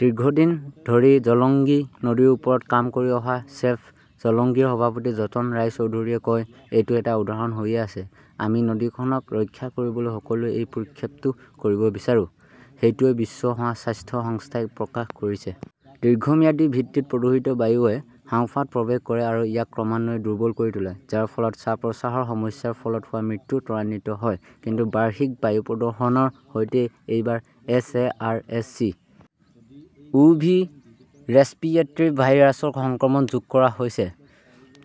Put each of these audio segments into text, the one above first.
দীৰ্ঘদিন ধৰি জলংগী নদীৰ ওপৰত কাম কৰি অহা ছেভ জলংগীৰ সভাপতি যতন ৰায়চৌধৰীয়ে কয়, এইটো এটা উদাহৰণ হৈয়েই আছে। আমি নদীখনক ৰক্ষা কৰিবলৈ সকলোৱে এই প্ৰক্ষেপটো কৰিব বিচাৰো। সেইটোৱেই বিশ্ব স্বাস্থ্য সংস্থাই প্ৰকাশ কৰিছে। দীৰ্ঘম্যাদী ভিত্তিত প্ৰদূষিত বায়ুৱে হাঁওফাঁওত প্ৰৱেশ কৰে আৰু ইয়াক ক্ৰমান্বয়ে দুৰ্বল কৰি তোলে, যাৰ ফলত শ্বাস-প্ৰশ্বাসৰ সমস্যাৰ ফলত হোৱা মৃত্যু ত্বৰান্বিত হয়। কিন্তু বাৰ্ষিক বায়ু প্ৰদূষণৰ সৈতে এইবাৰ S. A. R. S. C. O. V. Respiratory ভাইৰাছৰ সংক্ৰমণ যোগ কৰা হৈছে।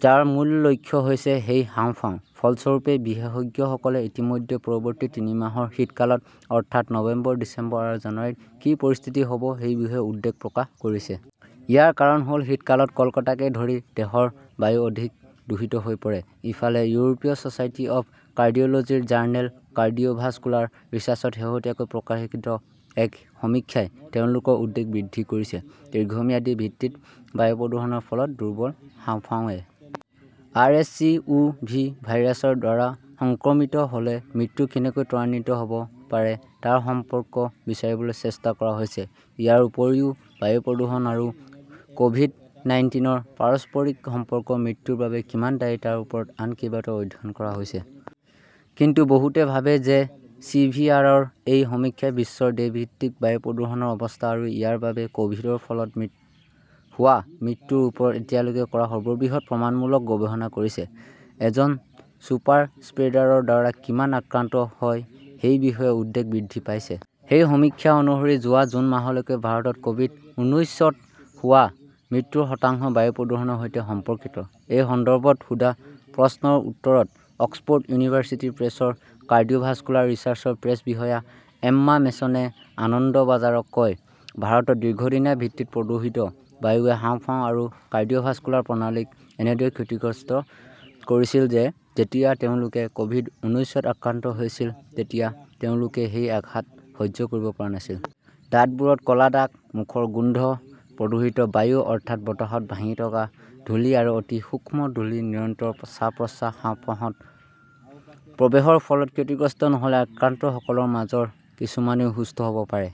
যাৰ মূল লক্ষ্য হৈছে সেই হাঁওফাঁও! ফলস্বৰূপে, বিশেষজ্ঞসকলে ইতিমধ্যে পৰৱৰ্তী তিনি মাহৰ শীতকালত, অৰ্থাৎ নৱেম্বৰ, ডিচেম্বৰ আৰু জানুৱাৰীত কি পৰিস্থিতি হ'ব সেই বিষয়ে উদ্বেগ প্ৰকাশ কৰিছে। ইয়াৰ কাৰণ হ'ল শীতকালত কলকাতাকে ধৰি দেশৰ বায়ু অধিক দূষিত হৈ পৰে। ইফালে, ইউৰোপীয় ছচাইটি অৱ কাৰ্ডিঅলজী ৰ জাৰ্নেল কাৰ্ডিওভাস্কুলাৰ ৰিচাৰ্ছত শেহতীয়াকৈ প্ৰকাশিত এক সমীক্ষাই তেওঁলোকৰ উদ্বেগ বৃদ্ধি কৰিছে। দীৰ্ঘম্যাদী ভিত্তিত বায়ু প্ৰদূষণৰ ফলত দুৰ্বল হাঁওফাঁও A. R. S C. O. V. ভাইৰাছৰ দ্বাৰা সংক্ৰমিত হ'লে মৃত্যু কেনেকৈ ত্বৰান্বিত হ'ব পাৰে তাৰ সম্পৰ্ক বিচাৰিবলৈ চেষ্টা কৰা হৈছে। ইয়াৰ উপৰিও, বায়ু প্ৰদূষণ আৰু ক'ভিড-নাইনটিনৰ পাৰস্পৰিক সম্পৰ্ক মৃত্যুৰ বাবে কিমান দায়ী তাৰ ওপৰত আন কেইবাটাও অধ্যয়ন কৰা হৈছে। কিন্তু বহুতে ভাবে যে চি ভি আৰৰ এই সমীক্ষাই বিশ্বৰ দেশভিত্তিক বায়ু প্ৰদূষণৰ অৱস্থা আৰু ইয়াৰ বাবে কভিডৰ ফলত হোৱা মৃত্যুৰ ওপৰত এতিয়ালৈকে কৰা সৰ্ববৃহৎ প্ৰমাণমূলক গৱেষণা কৰিছে। এজন 'ছুপাৰ স্প্ৰেডাৰ'ৰ দ্বাৰা কিমান আক্ৰান্ত হয় সেই বিষয়ে উদ্বেগ বৃদ্ধি পাইছে। সেই সমীক্ষা অনুসৰি, যোৱা জুন মাহলৈকে ভাৰতত ক'ভিড-ঊনৈশত হোৱা মৃত্যুৰ শতাংশ বায়ু প্ৰদূষণৰ সৈতে সম্পৰ্কিত। এই সন্দৰ্ভত সোধা প্ৰশ্নৰ উত্তৰত অক্সফ'ৰ্ড ইউনিভাৰ্চিটি প্ৰেছৰ কাৰ্ডিওভাস্কুলাৰ ৰিচাৰ্ছৰ প্ৰেছ বিষয়া এম্মা মেছনে আনন্দবাজাৰক কয়, ভাৰতত দীৰ্ঘদিনীয়া ভিত্তিত প্ৰদূষিত বায়ুৱে হাঁওফাঁও আৰু কাৰ্ডিওভাস্কুলাৰ প্ৰণালীক এনেদৰে ক্ষতিগ্ৰস্ত কৰিছিল যে, যেতিয়া তেওঁলোকে ক'ভিড-ঊনৈশত আক্ৰান্ত হৈছিল তেতিয়া তেওঁলোকে সেই আঘাত সহ্য কৰিব পৰা নাছিল। দাঁতবোৰত ক'লা দাগ, মুখৰ গোন্ধ, প্ৰদূষিত বায়ু অৰ্থাৎ বতাহত ভাঁহি থকা ধূলি আৰু অতি সূক্ষ্ম ধূলি নিৰন্তৰ শ্বাস-প্ৰশ্বাস, হাঁওফাঁওত প্ৰৱেশৰ ফলত ক্ষতিগ্ৰস্ত নহ'লে আক্ৰান্তসকলৰ মাজৰ কিছুমানেও সুস্থ হ'ব পাৰে।